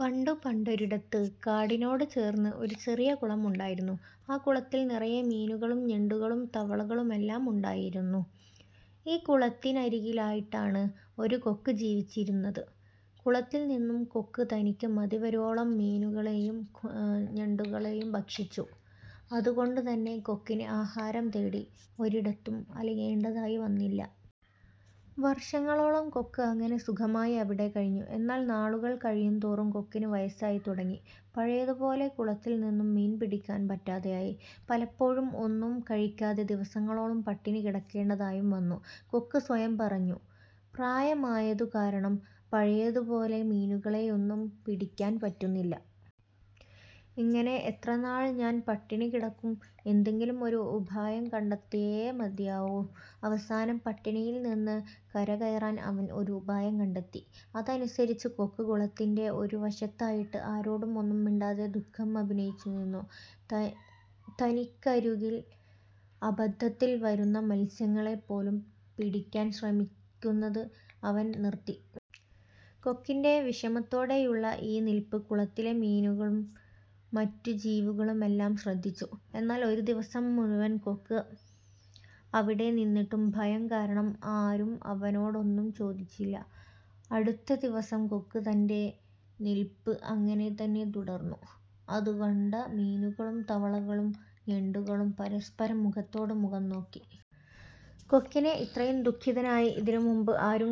പണ്ടു പണ്ടൊരിടത്ത് കാടിനോട് ചേർന്ന് ഒരു ചെറിയ കുളം ഉണ്ടായിരുന്നു. ആ കുളത്തിൽ നിറയെ മീനുകളും ഞണ്ടുകളും തവളകളുമെല്ലാം ഉണ്ടായിരുന്നു. ഈ കുളത്തിനരികിലായിട്ടാണ് ഒരു കൊക്ക് ജീവിച്ചിരുന്നത്. കുളത്തിൽ നിന്നും കൊക്ക് തനിക്ക് മതിവരുവോളം മീനുകളെയും ഞണ്ടുകളെയും ഭക്ഷിച്ചു. അതുകൊണ്ടുതന്നെ കൊക്കിന് ആഹാരം തേടി ഒരിടത്തും അലയേണ്ടതായി വന്നില്ല. വർഷങ്ങളോളം കൊക്ക് അങ്ങനെ സുഖമായി അവിടെ കഴിഞ്ഞു. എന്നാൽ നാളുകൾ കഴിയുംതോറും കൊക്കിന് വയസ്സായി തുടങ്ങി. പഴയതുപോലെ കുളത്തിൽ നിന്നും മീൻ പിടിക്കാൻ പറ്റാതെ ആയി. പലപ്പോഴും ഒന്നും കഴിക്കാതെ ദിവസങ്ങളോളം പട്ടിണി കിടക്കേണ്ടതായും വന്നു. കൊക്ക് സ്വയം പറഞ്ഞു "പ്രായമായതു കാരണം പഴയതുപോലെ മീനുകളെയൊന്നും പിടിക്കാൻ പറ്റുന്നില്ല. ഇങ്ങനെ എത്രനാൾ ഞാൻ പട്ടിണി കിടക്കും? എന്തെങ്കിലും ഒരു ഉപായം കണ്ടെത്തിയേ മതിയാകൂ. " അവസാനം പട്ടിണിയിൽ നിന്ന് കരകയറാൻ അവൻ ഒരു ഉപായം കണ്ടെത്തി. അതനുസരിച്ച് കൊക്ക് കുളത്തിൻ്റെ ഒരു വശത്തായിട്ട് ആരോടും ഒന്നും മിണ്ടാതെ ദുഃഖം അഭിനയിച്ചു നിന്നു. തനിക്കരുകിൽ അബദ്ധത്തിൽ വരുന്ന മത്സ്യങ്ങളെ പോലും പിടിക്കാൻ ശ്രമിക്കുന്നതു അവൻ നിർത്തി. കൊക്കിൻ്റെ വിഷമത്തോടെയുള്ള ഈ നിൽപ്പ് കുളത്തിലെ മീനുകളും മറ്റു ജീവികളുമെല്ലാം ശ്രദ്ധിച്ചു. എന്നാൽ ഒരു ദിവസം മുഴുവൻ കൊക്ക് അവിടെ നിന്നിട്ടും ഭയം കാരണം ആരും അവനോടൊന്നും ചോദിച്ചില്ല. അടുത്ത ദിവസവും കൊക്ക് തൻ്റെ നിൽപ്പ് അങ്ങനെതന്നെ തുടർന്നു. ഇതുകണ്ട മീനുകളും തവളകളും ഞണ്ടുകളും പരസ്പരം മുഖത്തോട് മുഖം നോക്കി. കൊക്കിനെ ഇത്രയും ദുഃഖിതനായി ഇതിനുമുമ്പ് ആരും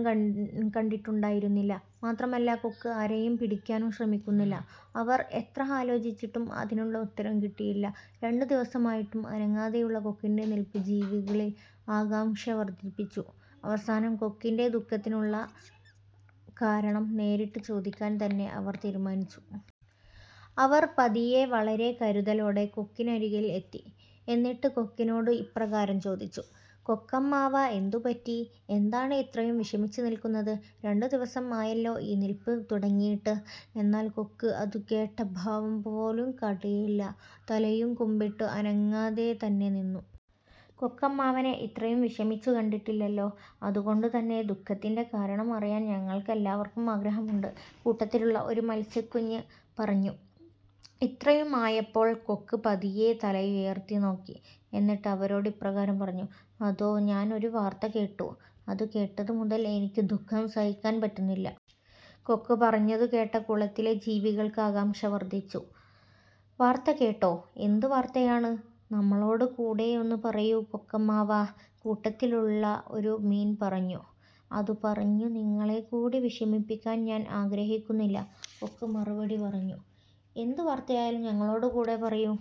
കണ്ടിട്ടുണ്ടായിരുന്നില്ല. മാത്രമല്ല കൊക്ക് ആരെയും പിടിക്കാനും ശ്രമിക്കുന്നില്ല. അവർ എത്ര ആലോചിച്ചിട്ടും അതിനുള്ള ഉത്തരം കിട്ടിയില്ല. രണ്ടു ദിവസമായിട്ടും അനങ്ങാതെയുള്ള കൊക്കിൻ്റെ നിൽപ്പ് ജീവികളിൽ ആകാംക്ഷ വർധിപ്പിച്ചു. അവസാനം കൊക്കിൻ്റെ ദുഃഖത്തിനുള്ള കാരണം നേരിട്ട് ചോദിക്കാൻ തന്നെ അവർ തീരുമാനിച്ചു. അവർ പതിയെ വളരെ കരുതലോടെ കൊക്കിനരുകിൽ എത്തി. എന്നിട്ട് കൊക്കിനോട് ഇപ്രകാരം ചോദിച്ചു. "കൊക്കമ്മാവാ എന്തുപറ്റി? എന്താണ് ഇത്രയും വിഷമിച്ച് നിൽക്കുന്നത്? രണ്ടുദിവസം ആയല്ലോ ഈ നിൽപ്പ് തുടങ്ങിയിട്ട്. " എന്നാൽ കൊക്ക് അതു കേട്ട ഭാവം പോലും കാട്ടിയില്ല. തലയും കുമ്പിട്ടു അനങ്ങാതെ തന്നെ നിന്നു. "കൊക്കമ്മാവനെ ഇത്രയും വിഷമിച്ചു കണ്ടിട്ടില്ലല്ലോ. അതുകൊണ്ടുതന്നെ ദുഃഖത്തിൻ്റെ കാരണം അറിയാൻ ഞങ്ങൾക്ക് എല്ലാവർക്കും ആഗ്രഹമുണ്ട്. " കൂട്ടത്തിലുള്ള ഒരു മത്സ്യക്കുഞ്ഞ് പറഞ്ഞു. ഇത്രയുമായപ്പോൾ കൊക്ക് പതിയെ തലയുയർത്തി നോക്കി. എന്നിട്ട് അവരോട് ഇപ്രകാരം പറഞ്ഞു. "അതോ! ഞാൻ ഒരു വാർത്ത കേട്ടു. അത് കേട്ടത് മുതൽ എനിക്ക് ദുഃഖം സഹിക്കാൻ പറ്റുന്നില്ല. " കൊക്ക് പറഞ്ഞതു കേട്ട കുളത്തിലെ ജീവികൾക്ക് ആകാംക്ഷ വർധിച്ചു. "വാർത്ത കേട്ടോ? എന്ത് വാർത്തയാണ്? നമ്മളോട് കൂടെയൊന്ന് പറയൂ കൊക്കമ്മാവാ. " കൂട്ടത്തിലുള്ള ഒരു മീൻ പറഞ്ഞു. "അതു പറഞ്ഞു നിങ്ങളെകൂടി വിഷമിപ്പിക്കാൻ ഞാൻ ആഗ്രഹിക്കുന്നില്ല. " കൊക്ക് മറുപടി പറഞ്ഞു. "എന്തു വാർത്തയായാലും ഞങ്ങളോട് കൂടെ പറയൂ.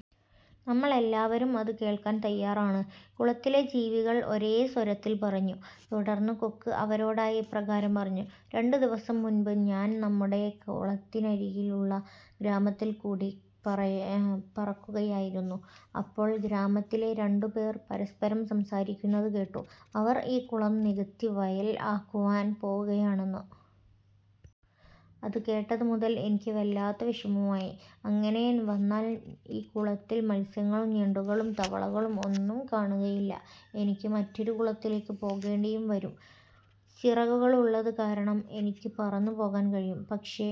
നമ്മളെല്ലാവരും അത് കേൾക്കാൻ തയ്യാറാണ്. " കുളത്തിലെ ജീവികൾ ഒരേ സ്വരത്തിൽ പറഞ്ഞു. തുടർന്ന് കൊക്ക് അവരോടായി ഇപ്രകാരം പറഞ്ഞു. "രണ്ടു ദിവസം മുൻപ് ഞാൻ നമ്മുടെ കുളത്തിനരികിലുള്ള ഗ്രാമത്തിൽ കൂടി പറക്കുകയായിരുന്നു. അപ്പോൾ ഗ്രാമത്തിലെ രണ്ടുപേർ പരസ്പരം സംസാരിക്കുന്നത് കേട്ടു. അവർ ഈ കുളം നികത്തി വയൽ ആക്കുവാൻ പോവുകയാണെന്ന്. അത് കേട്ടത് മുതൽ എനിക്ക് വല്ലാത്ത വിഷമമായി. അങ്ങനെ വന്നാൽ ഈ കുളത്തിൽ മത്സ്യങ്ങളും ഞണ്ടുകളും തവളകളും ഒന്നും കാണുകയില്ല. എനിക്ക് മറ്റൊരു കുളത്തിലേക്ക് പോകേണ്ടിയും വരും. ചിറകുകളുള്ളത് കാരണം എനിക്ക് പറന്നു പോകാൻ കഴിയും. പക്ഷേ